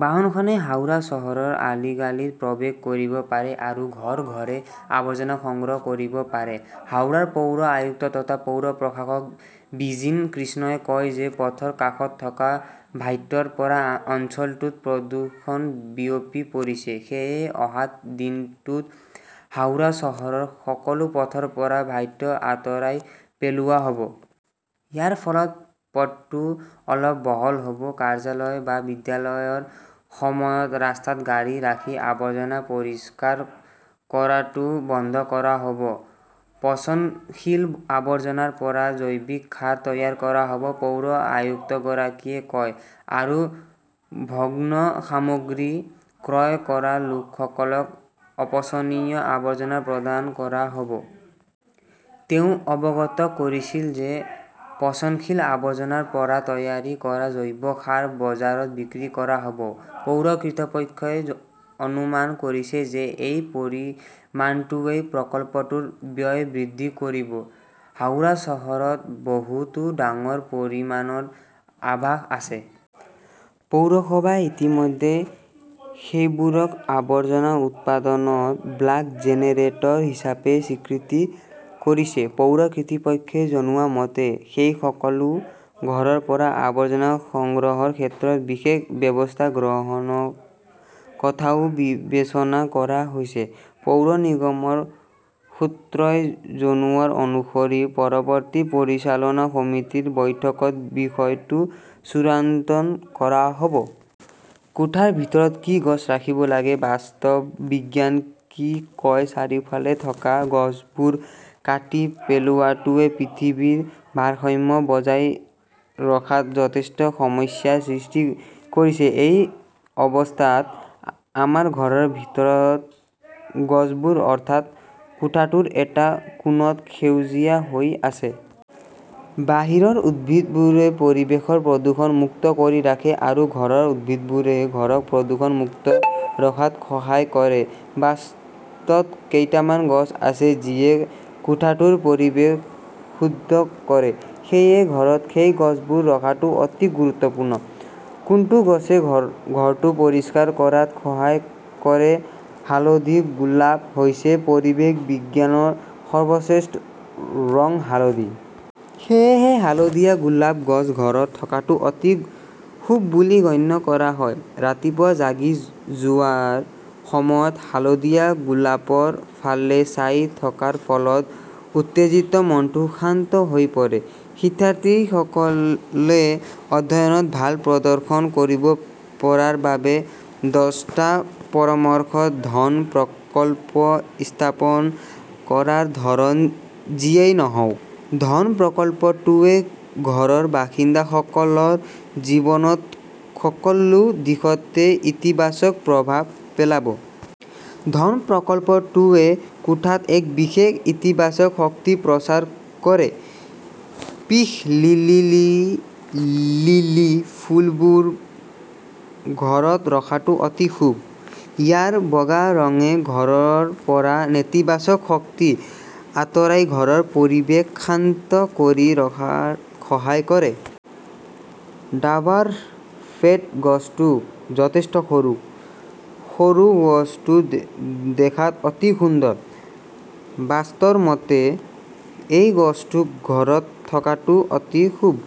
বাহনখনে হাওৰা চহৰৰ অলিগালিত প্ৰৱেশ কৰিব পাৰে আৰু ঘৰ-ঘৰে আৱৰ্জনা সংগ্ৰহ কৰিব পাৰে। হাওড়াৰ পৌৰ আয়ুক্ত তথা পৌৰ প্ৰশাসক বিজিন কৃষ্ণই কয় যে পথৰ কাষত থকা ভ্যাটৰ পৰা অঞ্চলটোত প্ৰদূষণ বিয়পি পৰিছে। সেয়েহে অহা দিনটোত হাওৰা চহৰৰ সকলো পথৰ পৰা ভ্যাট আঁতৰাই পেলোৱা হ'ব। ইয়াৰ ফলত পথটো অলপ বহল হ'ব। কাৰ্যালয় বা বিদ্যালয়ৰ সময়ত ৰাস্তাত গাড়ী ৰাখি আৱৰ্জনা পৰিষ্কাৰ কৰাটোও বন্ধ কৰা হ'ব। পচনশীল আৱৰ্জনাৰ পৰা জৈৱিক সাৰ তৈয়াৰ কৰা হ'ব, পৌৰ আয়ুক্তগৰাকীয়ে কয়। আৰু ভগ্ন সামগ্ৰী ক্ৰয় কৰা লোকসকলক অপচনীয় আৱৰ্জনা প্ৰদান কৰা হ'ব। তেওঁ অৱগত কৰিছিল যে পচনশীল আৱৰ্জনাৰ পৰা তৈয়াৰ কৰা জৈৱ সাৰ বজাৰত বিক্ৰী কৰা হ'ব। পৌৰ কৰ্তৃপক্ষই অনুমান কৰিছে যে সেই পৰিমাণটোৱেই প্ৰকল্পটোৰ ব্যয় বৃদ্ধি কৰিব। হাওৰা চহৰত বহুতো ডাঙৰ পৰিমাণৰ আৱাস আছে। পৌৰসভাই ইতিমধ্যে সেইবোৰক আৱৰ্জনা উৎপাদনত বাল্ক জেনেৰেটৰ হিচাপে চিহ্নিত কৰিছে। পৌৰ কৰ্তৃপক্ষই জনোৱা মতে, সেই সকলো ঘৰৰ পৰা আৱৰ্জনা সংগ্ৰহৰ ক্ষেত্ৰত বিশেষ ব্যৱস্থা গ্ৰহণৰ কথাও বিবেচনা কৰা হৈছে। পৌৰ নিগমৰ সূত্ৰই জনোৱা অনুসৰি পৰৱৰ্তী পৰিচালনা সমিতিৰ বৈঠকত বিষয়টো চূড়ান্ত কৰা হ'ব। কোঠাৰ ভিতৰত কি গছ ৰাখিব লাগে, বাস্তৱ বিজ্ঞান কি কয় চাৰিওফালে থকা গছবোৰ কাটি পেলোৱাটোৱে পৃথিৱীৰ ভাৰসাম্য বজাই ৰখাত যথেষ্ট সমস্যাৰ সৃষ্টি কৰিছে। এই অৱস্থাত, আমাৰ ঘৰৰ ভিতৰৰ গছবোৰ, অৰ্থাৎ কোঠাটোৰ এটা কোণত সেউজীয়া হৈ পৰে। বাহিৰৰ উদ্ভিদবোৰে পৰিৱেশক প্ৰদূষণ মুক্ত কৰি ৰাখে আৰু ঘৰৰ উদ্ভিদবোৰে ঘৰক প্ৰদূষণ মুক্ত ৰখাত সহায় কৰে। বাস্তুত কেইটামান গছ আছে, যিয়ে কোঠাটোৰ পৰিৱেশ শুদ্ধ কৰে। সেয়েহে ঘৰত সেই গছবোৰ ৰখাটো অতি গুৰুত্বপূৰ্ণ। কোনটো গছই ঘৰটো পৰিষ্কাৰ কৰাত সহায় কৰে হালধীয়া গোলাপ হৈছে পৰিৱেশ বিজ্ঞানৰ সৰ্বশ্ৰেষ্ঠ ৰং হালধীয়া। সেয়েহে হালধীয়া গোলাপ গছ ঘৰত থকাটো অতি শুভ বুলি গণ্য কৰা হয়। ৰাতিপুৱা জাগি যোৱাৰ সময়ত হালধীয়া গোলাপৰ ফালে চাই থকাৰ ফলত উত্তেজিত মনটো শান্ত হৈ পৰে। শিক্ষাৰ্থীসকলে অধ্যয়নত ভাল প্ৰদৰ্শন কৰিব পৰাৰ বাবে দচটা পৰামৰ্শ ধন প্ৰকল্প স্থাপন কৰাৰ ধৰণ যিয়েই নহওক, ধন প্ৰকল্পটোৱে ঘৰৰ বাসিন্দাসকলৰ জীৱনত সকলো দিশতে ইতিবাচক প্ৰভাৱ পেলাব। ধন প্ৰকল্পটোৱে কোঠাত এক বিশেষ ইতিবাচক শক্তি প্ৰচাৰ কৰে। পিস লিলি - লিলি ফুলবোৰ ঘৰত ৰখাটো অতি শুভ। ইয়াৰ বগা ৰঙে ঘৰৰ পৰা নেতিবাচক শক্তি আঁতৰাই ঘৰৰ পৰিৱেশ শান্ত কৰি ৰখাত সহায় কৰে। ডাৱাৰ্ফ জেড গছটো যথেষ্ট সৰু। সৰু গছটো দেখাত অতি সুন্দৰ। বাস্তুৰ মতে এই গছটো ঘৰত থকাটো অতি শুভ।